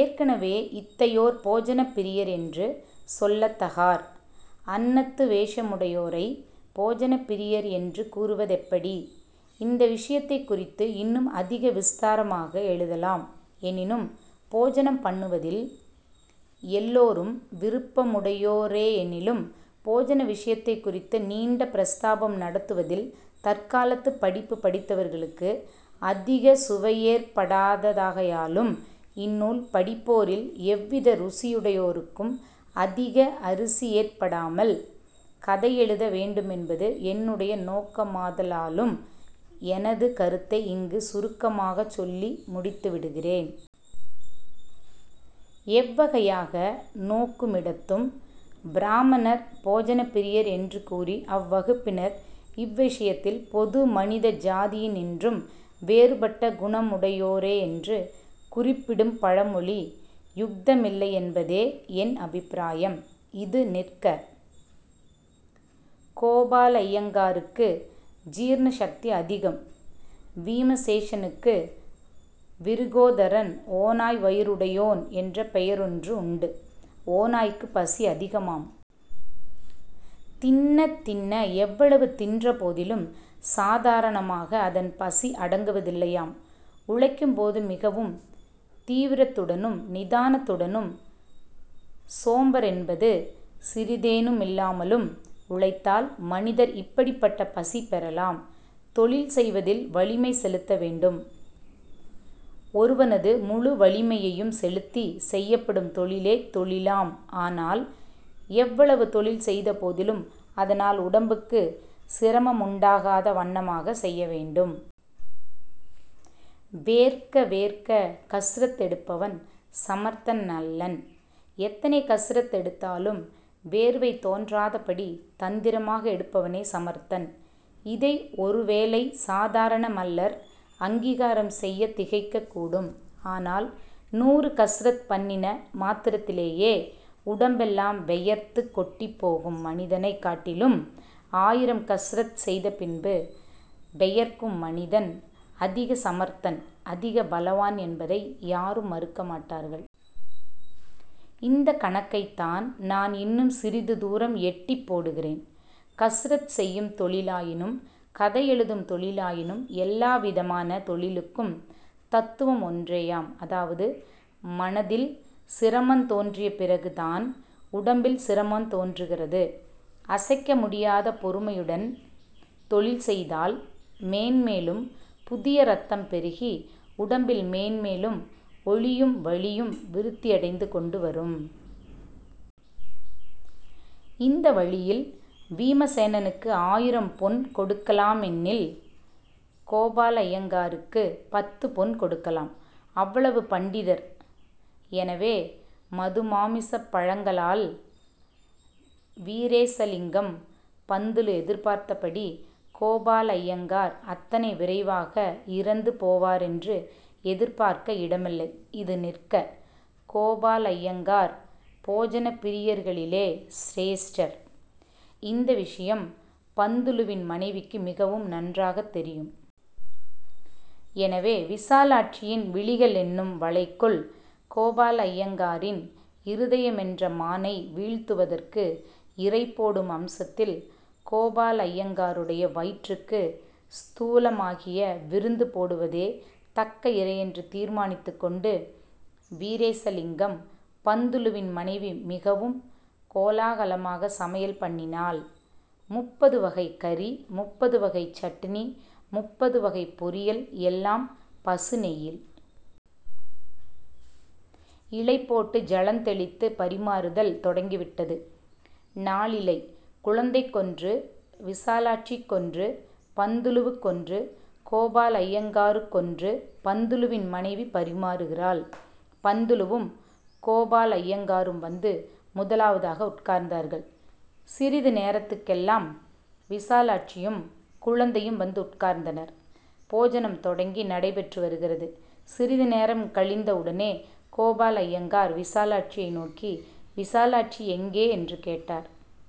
ஏற்கெனவே, இத்தையோர் போஜனப்பிரியர் என்று சொல்லத்தகார். அன்னத் துவேஷமுடையோரை போஜனப்பிரியர் என்று கூறுவதெப்படி? இந்த விஷயத்தைக் குறித்து இன்னும் அதிக விஸ்தாரமாக எழுதலாம். எனினும், போஜனம் பண்ணுவதில் எல்லோரும் விருப்புடையோரெயெனிலும், போஜன விஷயத்தைக் குறித்து நீண்ட பிரஸ்தாபம் நடத்துவதில் தற்காலத்துப் படிப்புப் படித்தவர்களுக்கு அதிகச் சுவையேற்படாதாகையாலும், இந்நூல் படிப்போரில் எவ்வித ருசியுடையோருக்கும் அதிக அருசியேற்படாமல் கதையெழுத வேண்டுமென்பது என்னுடைய நோக்கமாதலாலும் எனது கருத்தை இங்கு சுருக்கமாகச் சொல்லி முடித்துவிடுகிறேன். எவ்வகையாக நோக்குமிடத்தும் பிராமணர் போஜனப்பிரியர் என்று கூறி அவ்வகுப்பினர் இவ்விஷயத்தில் பொது மனித ஜாதியின்றும் வேறுபட்ட குணமுடையோரென்று குறிப்பிடும் பழமொழி யுக்தமில்லையென்பதே என் அபிப்ராயம். இது நிற்க. கோபாலய்யங்காருக்கு ஜீர்ண சக்தி அதிகம். வீமஸேனனுக்கு 'விருகோதரன்' ஓநாய் வயிறுடையோன்-என்ற பெயரொன்று உண்டு. ஓநாய்க்குப் பசி அதிகமாம். தின்னத் தின்ன-எவ்வளவு தின்றபோதிலும்-சாதாரணமாக அதன் பசி அடங்குவதில்லையாம். உழைக்கும்போது மிகவும் தீவிரத்துடனும் நிதானத்துடனும் சோம்பரென்பது சிறிதேனுமில்லாமலும் உழைத்தால், மனிதர் இப்படிப்பட்ட பசி பெறலாம். தொழில் செய்வதில் வலிமை செலுத்த வேண்டும். ஒருவனது முழு வலிமையையும் செலுத்திச் செய்யப்படும் தொழிலே தொழிலாம். ஆனால், எவ்வளவு தொழில் செய்த போதிலும், அதனால் உடம்புக்கு சிரமமுண்டாகாத வண்ணமாகச் செய்யவேண்டும். வேர்க்க வேர்க்க கஸ்ரத் எடுப்பவன் சமர்த்தனல்லன். எத்தனை கஸ்ரத் எடுத்தாலும் வேர்வை தோன்றாதபடி தந்திரமாக எடுப்பவனே சமர்த்தன். இதை ஒரு வேளை சாதாரண மல்லர் அங்கீகாரம் செய்யத் திகைக்கக்கூடும். ஆனால் நூறு கஸ்ரத் பண்ணின மாத்திரத்திலேயே உடம்பெல்லாம் வெயர்த்துக் கொட்டிப் போகும் மனிதனைக் காட்டிலும், ஆயிரம் கஸ்ரத் செய்தபின் வெயர்க்கும் மனிதன் அதிக சமர்த்தன் அதிக பலவான் என்பதை யாரும் மறுக்கமாட்டார்கள். இந்தக் கணக்கைத்தான் நான் இன்னும் சிறிது தூரம் எட்டிப் போடுகிறேன். கஸ்ரத் செய்யும் தொழிலாயினும், கதையெழுதும் தொழிலாயினும்-எல்லாவிதமான தொழிலுக்கும் தத்துவம் ஒன்றேயாம். அதாவது மனதில் சிரமந் தோன்றிய பிறகு தான் உடம்பில் சிரமந் தோன்றுகிறது. அசைக்க முடியாத பொறுமையுடன் தொழில் செய்தால் மேன்மேலும் புதிய ரத்தம் பெருகி, உடம்பில் மேன்மேலும் ஒளியும் வலியும் விருத்தியடைந்து கொண்டு வரும். இந்த வழியில் வீமசேனனுக்கு ஆயிரம் பொன் கொடுக்கலாமென்னில், கோபாலய்யங்காருக்குப் பத்துப் பொன் கொடுக்கலாம். அவ்வளவு பண்டிதர். எனவே மதுமாமிசப் பழங்கள்ளால், வீரேசலிங்கம் பந்துலு எதிர்பார்த்தபடி, கோபாலய்யங்கார் அத்தனை விரைவாக இறந்து போவாரென்று எதிர்பார்க்க இடமில்லை. இது நிற்க. கோபாலய்யங்கார் போஜன பிரியர்களிலே சிரேஷ்டர். இந்த விஷயம் பந்துலுவின் மனைவிக்கு மிகவும் நன்றாகத் தெரியும். எனவே, விசாலாட்சியின் விழிகளென்னும் வலைக்குள் கோபாலய்யங்காரின் இருதயமென்ற மானை வீழ்த்துவதற்கு இரை போடும் அம்சத்தில் கோபாலய்யங்காருடைய வயிற்றுக்கு ஸ்தூலமாகிய விருந்து போடுவதே தக்க இரையென்று தீர்மானித்துக் கொண்டு, வீரேசலிங்கம் பந்துலுவின் மனைவி மிகவும் கோலாகலமாகச் சமையல் பண்ணினாள். முப்பது வகைக் கறி; முப்பது வகை சட்டினி; முப்பது வகை பொரியல்;-எல்லாம் பசு நெய்யில். இலை போட்டு ஜலந் தெளித்துப் பரிமாறுதல் தொடங்கிவிட்டது. நாலிலை; குழந்தைக்கொன்று; விசாலாட்சிக்கொன்று; பந்துலுவுக்கொன்று; கோபா-லய்யங்காருக்கொன்று. பந்துலுவின் மனைவி பரிமாறுகிறாள். பந்துலுவும் கோபாலய்யங்காரும் வந்து முதலாவதாக உட்கார்ந்தார்கள். சிறிது நேரத்துக்கெல்லாம் விசாலாட்சியும் குழந்தையும் வந்து உட்கார்ந்தனர். போஜனம் தொடங்கி நடைபெற்று வருகிறது. சிறிது நேரம் கழிந்தவுடனே கோபாலய்யங்கார் விசாலாட்சியை நோக்கி:- ''விசாலாட்சி எங்கே'' என்று கேட்டார்.